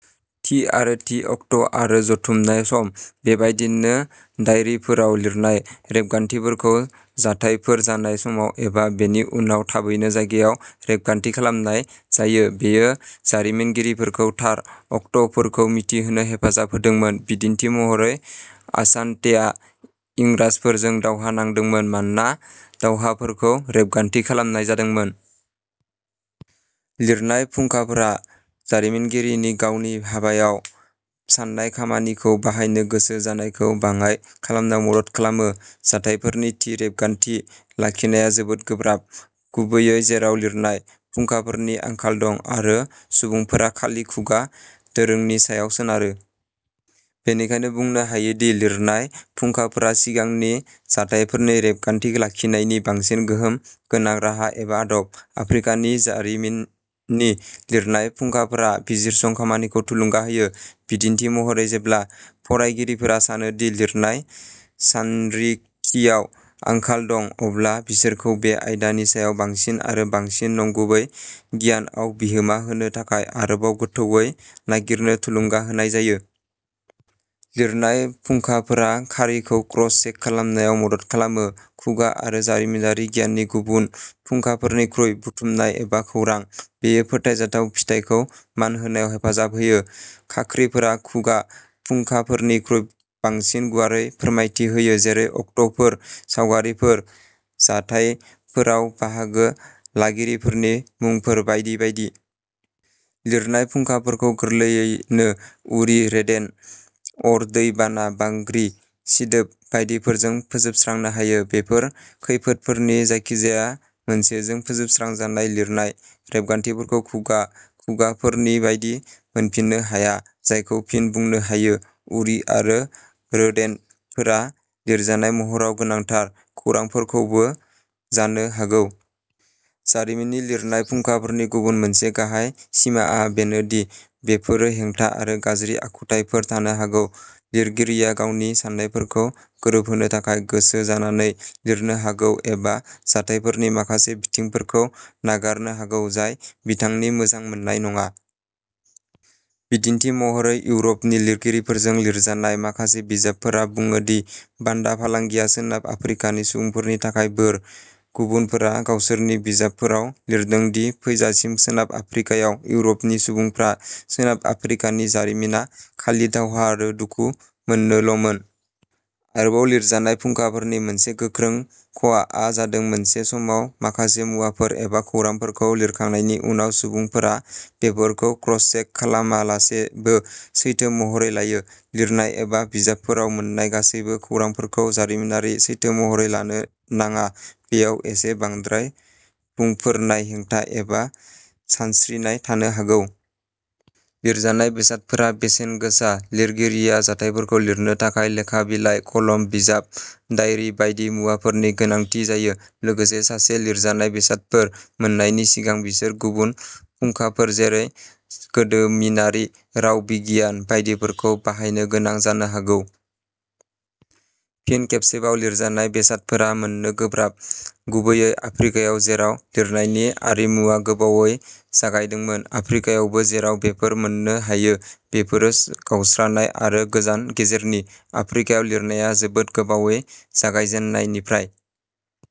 थि आरो the act' आरो जथुमनाय सम। बेबायदिनो दाइरिफोराव लिरनाय रेबगान्थिफोरखौ जाथायफोर जानाय समाव एबा बेनि उनाव थाबैनो जायगायाव रेबगान्थि खालामनाय जायो। बेयो जारिमिनगिरिफोरखौ थार अक्ट'फोरखौ मिथिनो हेफाजाब होदोंमोन बिदिन्थि महरै आसान्तेआ इंराजफोरजों दावहा नांदोंमोन मानोना दावहाफोरखौ रेबगान्थि खालामनाय जादोंमोन। लिरनाय फुंखाफोरा जारिमिनगिरिनि गावनि हाबायाव सान्नाय खामानिखौ बाहायनो गोसो जानायखौ बाङाइ खालामनायाव मदद खालामो। जाथायफोरनि थि रेबगान्थि लाखिनाया जोबोद गोब्राब गुबैयै जेराव लिरनाय फुंखाफोरनि आंखाल दं आरो सुबुंफोरा खालि खुगा दोरोंनि सायाव सोनारो। बेनिखायनो बुंनो हायो दि लिरनाय फुंखाफोरा सिगांनि जाथायफोरनि रेबगान्थि लाखिनायनि बांसिन गोहोम गोनां राहा एबा आदब। आफ्रिकानि जारिमिननि लिरनाय फुंखाफोरा बिजिरसं खामानिखौ थुलुंगा होयो। बिदिन्थि महरै जेब्ला फरायगिरिफोरा सानो दि लिरनाय सानरिखियाव आंखाल दं अब्ला बिसोरखौ बे आयदानि सायाव बांसिन आरो बांसिन नंगुबै गियानआव बिहोमा होनो थाखाय आरोबाव गोथौवै नागिरनो थुलुंगा होनाय जायो। लिरनाय फुंखाफोरा खारिखौ क्रस चेक खालामनायाव मदद खालामो। खुगा आरो जारिमिनारि गियाननि गुबुन फुंखाफोरनिफ्राय बुथुमनाय एबा खौरां। बेयो फोथायजाथाव फिथाइखौ मानहोनायाव हेफाजाब होयो। खाख्रिफोरा खुगा फुंखाफोरनिख्रुइ बांसिन गुवारै फोरमायथि होयो जेरै अक्ट'फोर सावगारिफोर जाथायफोराव बाहागो लागिरिफोरनि मुंफोर बायदि बायदि। लिरनाय फुंखाफोरखौ गोरलैयैनो उरि रोदेन्ट अर दै बाना बांग्रि सिदोब बायदिफोरजों फोजोबस्रांनो हायो। बेफोर खैफोदफोरनि जायखिजाया मोनसेजों फोजोबस्रांजानाय लिरनाय रेबगान्थिफोरखौ खुगा फुंखाफोरनि बायदि मोनफिन्नो हाया जायखौ फिन बुंनो हायो। उरि आरो रोदेन्टफोरा लिरजानाय महराव गोनांथार खौरांफोरखौबो जानो हागौ। जारिमिननि लिरनाय फुंखाफोरनि गुबुन मोनसे गाहाय सिमाआ बेनो दि बेफोरो हेंथा आरो गाज्रि आखुथायफोर थानो हागौ। लिरगिरिया गावनि साननायफोरखौ गोरोबहोनो थाखाय गोसो जानानै लिरनो हागौ एबा जाथायफोरनि माखासे बिथिंफोरखौ नागारनो हागौ जाय बिथांनि मोजां मोननाय नङा। बिदिन्थि महरै इउर'पनि लिरगिरिफोरजों लिरजानाय माखासे बिजाबफोरा बुङो दि बान्दा फालांगिआ सोनाब आफ्रिकानि सुबुंफोरनि थाखाय बोर। गुबुनफोरा गावसोरनि बिजाबफोराव लिरदों दि फैजासिम सोनाब आफ्रिकायाव इउरपनि सुबुंफ्रा सोनाब आफ्रिकानि जारिमिना खालि दावहा आरो दुखु मोननोल'मोन। आरोबाव लिरजानाय फुंखाफोरनि मोनसे गोख्रों खहाआ जादों मोनसे समाव माखासे मुवाफोर एबा खौरांफोरखौ लिरखांनायनि उनाव सुबुंफोरा बेफोरखौ क्रसचेक खालामालासेबो सैथो महरै लायो। लिरनाय एबा बिजाबफोराव मोन्नाय गासैबो खौरांफोरखौ जारिमिनारि सैथो महरै लानो नाङा बेयाव एसे बांद्राय बुंफोरनाय हेंथा एबा सानस्रिनाय थानो हागौ। लिरजानाय बेसादफोरा बेसेन गोसा। लिरगिरिया जाथायफोरखौ लिरनो थाखाय लेखा बिलाइ कलम बिजाब दाइरि बायदि मुवाफोरनि गोनांथि जायो। लोगोसे सासे लिरजानाय बेसादफोर मोननायनि सिगां बिसोर गुबुन फुंखाफोर जेरै गोदोमिनारि राव बिगियान बायदिफोरखौ बाहायनो गोनां जानो हागौ। फिन खेबसेबाव लिरजानाय बेसादफोरा मोननो गोब्राब गुबैयै आफ्रिकायाव जेराव लिरनायनि आरिमुआ गोबावै जागायदोंमोन। आफ्रिकायावबो जेराव बेफोर मोननो हायो बेफोरो गावस्रानाय आरो गोजान गेजेरनि। आफ्रिकायाव लिरनाया जोबोद गोबावै जागायजेन्नायनिफ्राय।